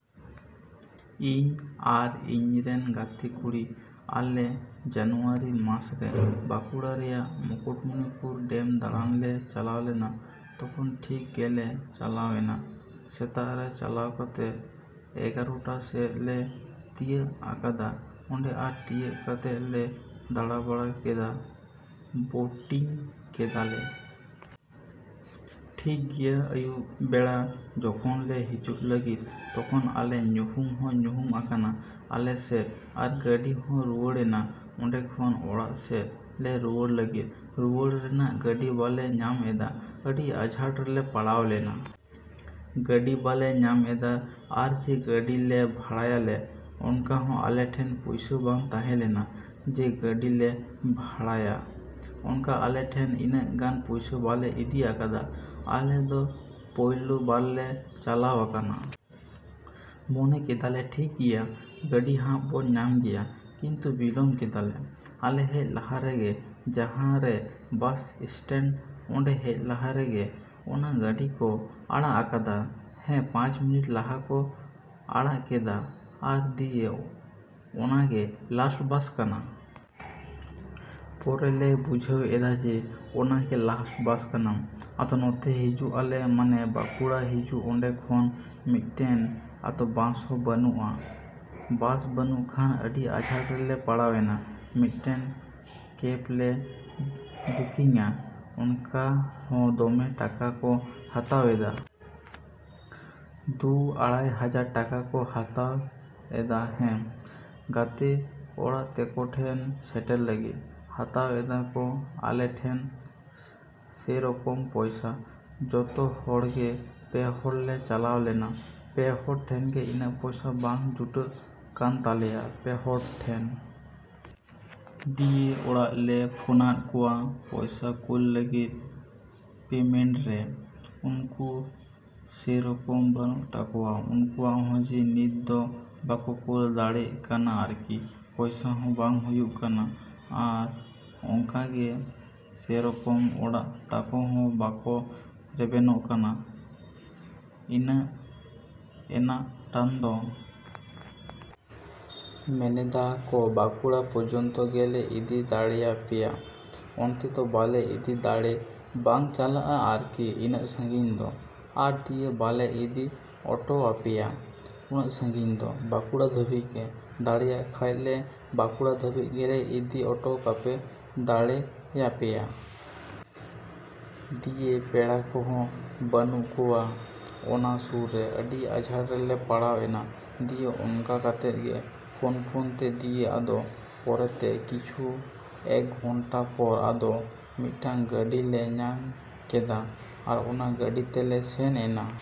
ᱤᱧ ᱟᱨ ᱤᱧ ᱨᱮᱱ ᱜᱟᱛᱮ ᱠᱩᱲᱤ ᱟᱞᱮ ᱡᱟᱱᱩᱭᱟᱨᱤ ᱢᱟᱥ ᱨᱮ ᱵᱟᱸᱠᱩᱲᱟ ᱨᱮᱱᱟᱜ ᱢᱩᱠᱩᱴᱢᱚᱱᱤᱯᱩᱨ ᱰᱮᱢ ᱫᱟᱬᱟᱱ ᱞᱮ ᱪᱟᱞᱟᱣ ᱞᱮᱱᱟ᱾ ᱛᱚᱠᱷᱚᱱ ᱴᱷᱤᱠ ᱜᱮᱞᱮ ᱪᱟᱞᱟᱣ ᱮᱱᱟ᱾ ᱥᱮᱛᱟᱜ ᱨᱮ ᱪᱟᱞᱟᱣ ᱠᱟᱛᱮᱫ ᱮᱜᱟᱨᱚᱴᱟ ᱥᱮᱫ ᱞᱮ ᱛᱤᱭᱟᱹᱜ ᱟᱠᱟᱫᱟ ᱚᱸᱰᱮ ᱟᱨ ᱛᱤᱭᱟᱹᱜ ᱠᱟᱛᱮᱫ ᱞᱮ ᱫᱟᱬᱟᱵᱟᱲᱟ ᱠᱮᱫᱟ, ᱵᱳᱴᱤᱝ ᱠᱮᱫᱟᱞᱮ᱾ ᱴᱷᱤᱠ ᱜᱮᱭᱟ, ᱟᱹᱭᱩᱵ ᱵᱮᱲᱟ ᱡᱚᱠᱷᱚᱱ ᱞᱮ ᱦᱤᱡᱩᱜ ᱞᱟᱹᱜᱤᱫ ᱛᱚᱠᱷᱚᱱ ᱟᱞᱮ ᱧᱩᱦᱩᱢ ᱦᱚᱸ ᱧᱩᱦᱩᱢ ᱟᱠᱟᱱᱟ ᱟᱞᱮ ᱥᱮᱫ ᱟᱨ ᱜᱟᱹᱰᱤ ᱦᱚᱸ ᱨᱩᱣᱟᱹᱲᱮᱱᱟ ᱚᱸᱰᱮ ᱠᱷᱚᱱ ᱚᱲᱟᱜ ᱥᱮᱫ ᱞᱮ ᱨᱩᱣᱟᱹᱲ ᱞᱟᱹᱜᱤᱫ᱾ ᱨᱩᱣᱟᱹᱲ ᱨᱮᱱᱟᱜ ᱜᱟᱹᱰᱤ ᱵᱟᱞᱮ ᱧᱟᱢ ᱮᱫᱟ, ᱟᱹᱰᱤ ᱟᱸᱡᱷᱟᱴ ᱨᱮᱞᱮ ᱯᱟᱲᱟᱣ ᱞᱮᱱᱟ᱾ ᱜᱟᱹᱰᱤ ᱵᱟᱞᱮ ᱧᱟᱢ ᱮᱫᱟ ᱟᱨ ᱡᱮ ᱜᱟᱹᱰᱤ ᱞᱮ ᱵᱷᱟᱲᱟᱭᱟᱞᱮ ᱚᱱᱠᱟ ᱦᱚᱸ ᱟᱞᱮ ᱴᱷᱮᱱ ᱯᱩᱭᱥᱟᱹ ᱵᱟᱝ ᱛᱟᱦᱮᱸ ᱞᱮᱱᱟ᱾ ᱡᱮ ᱜᱟᱹᱰᱤ ᱞᱮ ᱵᱷᱟᱲᱟᱭᱟ ᱚᱱᱠᱟ ᱟᱞᱮ ᱴᱷᱮᱱ ᱤᱱᱟᱹᱜ ᱜᱟᱱ ᱯᱩᱭᱥᱟᱹ ᱵᱟᱞᱮ ᱤᱫᱤ ᱟᱠᱟᱫᱟ᱾ ᱟᱞᱮ ᱫᱚ ᱯᱳᱭᱞᱳ ᱵᱟᱨᱞᱮ ᱪᱟᱞᱟᱣ ᱟᱠᱟᱱᱟ᱾ ᱢᱚᱱᱮ ᱠᱮᱫᱟ ᱞᱮ ᱴᱷᱤᱠ ᱜᱮᱭᱟ ᱜᱟᱹᱰᱤ ᱦᱟᱜ ᱵᱚᱱ ᱧᱟᱢ ᱜᱮᱭᱟ ᱠᱤᱱᱛᱩ ᱵᱤᱞᱚᱢ ᱠᱮᱫᱟᱞᱮ᱾ ᱟᱞᱮ ᱦᱮᱡ ᱞᱟᱦᱟ ᱨᱮᱜᱮ ᱡᱟᱦᱟᱸ ᱨᱮ ᱵᱟᱥ ᱮᱥᱴᱮᱱᱴ ᱚᱸᱰᱮ ᱦᱮᱡ ᱞᱟᱦᱟ ᱨᱮᱜᱮ ᱚᱱᱟ ᱜᱟᱹᱰᱤ ᱠᱚ ᱟᱲᱟᱜ ᱟᱠᱟᱫᱟ᱾ ᱦᱮᱸ, ᱯᱟᱸᱪ ᱢᱤᱱᱤᱴ ᱞᱟᱦᱟ ᱠᱚ ᱟᱲᱟᱜ ᱠᱮᱫᱟ ᱟᱨ ᱫᱤᱭᱮ ᱚᱱᱟ ᱜᱮ ᱞᱟᱥᱴ ᱵᱟᱥ ᱠᱟᱱᱟ᱾ ᱯᱚᱨᱮ ᱞᱮ ᱵᱩᱡᱷᱟᱹᱣᱮᱫᱟ ᱡᱮ ᱚᱱᱟ ᱜᱮ ᱞᱟᱥᱴ ᱵᱟᱥ ᱠᱟᱱᱟ᱾ ᱟᱫᱚ ᱱᱚᱛᱮ ᱦᱤᱡᱩᱜ ᱟᱞᱮ ᱢᱟᱱᱮ ᱵᱟᱸᱠᱩᱲᱟ ᱦᱤᱡᱩᱜ ᱚᱸᱰᱮ ᱠᱷᱚᱱ ᱢᱤᱫᱴᱮᱱ ᱟᱫᱚ ᱵᱟᱥ ᱦᱚᱸ ᱵᱟᱱᱩᱜᱼᱟ᱾ ᱵᱟᱥ ᱵᱟᱹᱱᱩᱜ ᱠᱷᱟᱱ ᱟᱹᱰᱤ ᱟᱸᱡᱷᱟᱴ ᱨᱮᱞᱮ ᱯᱟᱲᱟᱣ ᱮᱱᱟ᱾ ᱢᱤᱫᱴᱮᱱ ᱠᱮᱯ ᱞᱮ ᱵᱩᱠᱤᱝᱟ ᱚᱱᱠᱟ ᱦᱚᱸ ᱫᱚᱢᱮ ᱴᱟᱠᱟ ᱠᱚ ᱦᱟᱛᱟᱣ ᱮᱫᱟ᱾ ᱫᱩ ᱟᱲᱟᱭ ᱦᱟᱡᱟᱨ ᱴᱟᱠᱟ ᱠᱚ ᱦᱟᱛᱟᱣ ᱮᱫᱟ ᱦᱮᱸ, ᱜᱟᱛᱮ ᱚᱲᱟᱜ ᱛᱟᱠᱚ ᱴᱷᱮᱱ ᱥᱮᱴᱮᱨ ᱞᱟᱹᱜᱤᱫ᱾ ᱦᱟᱛᱟᱣ ᱮᱫᱟ ᱠᱚ ᱟᱞᱮ ᱴᱷᱮᱱ ᱥᱮᱨᱚᱠᱚᱢ ᱯᱚᱭᱥᱟ᱾ ᱡᱚᱛᱚ ᱦᱚᱲ ᱜᱮ ᱯᱮ ᱦᱚᱲ ᱞᱮ ᱪᱟᱞᱟᱣ ᱞᱮᱱᱟ᱾ ᱯᱮ ᱦᱚᱲ ᱴᱷᱮᱱ ᱜᱮ ᱤᱱᱟᱹᱜ ᱯᱚᱭᱥᱟ ᱵᱟᱝ ᱡᱩᱴᱟᱹᱜ ᱠᱟᱱ ᱛᱟᱞᱮᱭᱟ ᱯᱮ ᱦᱚᱲ ᱴᱷᱮᱱ᱾ ᱫᱤᱭᱮ ᱚᱲᱟᱜ ᱞᱮ ᱯᱷᱳᱱᱟᱫ ᱠᱚᱣᱟ ᱯᱚᱭᱥᱟ ᱠᱳᱞ ᱞᱟᱹᱜᱤᱫ ᱯᱮᱢᱮᱱᱴ ᱨᱮ᱾ ᱩᱱᱠᱩ ᱥᱮᱨᱚᱠᱚᱢ ᱵᱟᱹᱱᱩᱜ ᱛᱟᱠᱚᱣᱟ ᱩᱱᱠᱩᱣᱟᱜ ᱦᱚᱸ ᱡᱮ ᱱᱤᱛ ᱫᱚ ᱵᱟᱠᱚ ᱠᱳᱞ ᱫᱟᱲᱮᱜ ᱠᱟᱱᱟ ᱟᱨᱠᱤ᱾ ᱯᱚᱭᱥᱟ ᱦᱚᱸ ᱵᱟᱝ ᱦᱩᱭᱩᱜ ᱠᱟᱱᱟ ᱟᱨ ᱚᱝᱠᱟ ᱜᱮ ᱥᱮᱨᱚᱠᱚᱢ ᱚᱲᱟᱜ ᱛᱟᱠᱚ ᱦᱚᱸ ᱵᱟᱠᱚ ᱨᱮᱵᱮᱱᱚᱜ ᱠᱟᱱᱟ ᱤᱱᱟᱜ ᱤᱱᱟᱜᱴᱟᱱ ᱫᱚ᱾ ᱢᱮᱱᱮᱫᱟ ᱠᱚ ᱵᱟᱸᱠᱩᱲᱟ ᱯᱚᱡᱚᱱᱛᱚ ᱜᱮᱞᱮ ᱤᱫᱤ ᱫᱟᱲᱮᱭᱟᱯᱮᱭᱟ ᱚᱱᱛᱮ ᱫᱚ ᱵᱟᱞᱮ ᱤᱫᱤ ᱫᱟᱲᱮ, ᱵᱟᱝ ᱪᱟᱞᱟᱜᱼᱟ ᱟᱨᱠᱤ ᱤᱱᱟᱹᱜ ᱥᱟᱺᱜᱤᱧ ᱫᱚ ᱟᱨ ᱫᱤᱭᱮ ᱵᱟᱞᱮ ᱤᱫᱤ ᱚᱴᱚᱭᱟᱯᱮᱭᱟ ᱩᱱᱟᱹᱜ ᱥᱟᱺᱜᱤᱧ ᱫᱚ᱾ ᱵᱟᱸᱠᱩᱲᱟ ᱫᱷᱟᱹᱵᱤᱡ ᱜᱮ ᱸ, ᱫᱟᱲᱮᱭᱟᱜ ᱠᱷᱟᱡ ᱞᱮ ᱵᱟᱸᱠᱩᱲᱟ ᱫᱷᱟᱹᱵᱤᱡ ᱜᱮᱞᱮ ᱤᱫᱤ ᱚᱴᱚ ᱠᱟᱯᱮ ᱫᱟᱲᱮ ᱭᱟᱯᱮᱭᱟ᱾ ᱫᱤᱭᱮ ᱯᱮᱲᱟ ᱠᱚᱦᱚᱸ ᱵᱟᱹᱱᱩᱜ ᱠᱚᱣᱟ ᱚᱱᱟ ᱥᱩᱨ ᱨᱮ᱾ ᱟᱹᱰᱤ ᱟᱡᱷᱟᱴ ᱨᱮᱞᱮ ᱯᱟᱲᱟᱣ ᱮᱱᱟ᱾ ᱫᱤᱭᱮ ᱚᱱᱠᱟ ᱠᱟᱛᱮᱫ ᱜᱮ ᱯᱷᱳᱱ ᱯᱷᱳᱱᱛᱮ ᱫᱤᱭᱮ ᱟᱫᱚ ᱯᱚᱨᱮ ᱛᱮ ᱠᱤᱪᱷᱩ ᱮᱠ ᱜᱷᱚᱱᱴᱟ ᱯᱚᱨ ᱟᱫᱚ ᱢᱤᱫᱴᱟᱝ ᱜᱟᱹᱰᱤ ᱞᱮ ᱧᱟᱢ ᱠᱮᱫᱟ ᱟᱨ ᱚᱱᱟ ᱜᱟᱹᱰᱤ ᱛᱮᱞᱮ ᱥᱮᱱ ᱮᱱᱟ᱾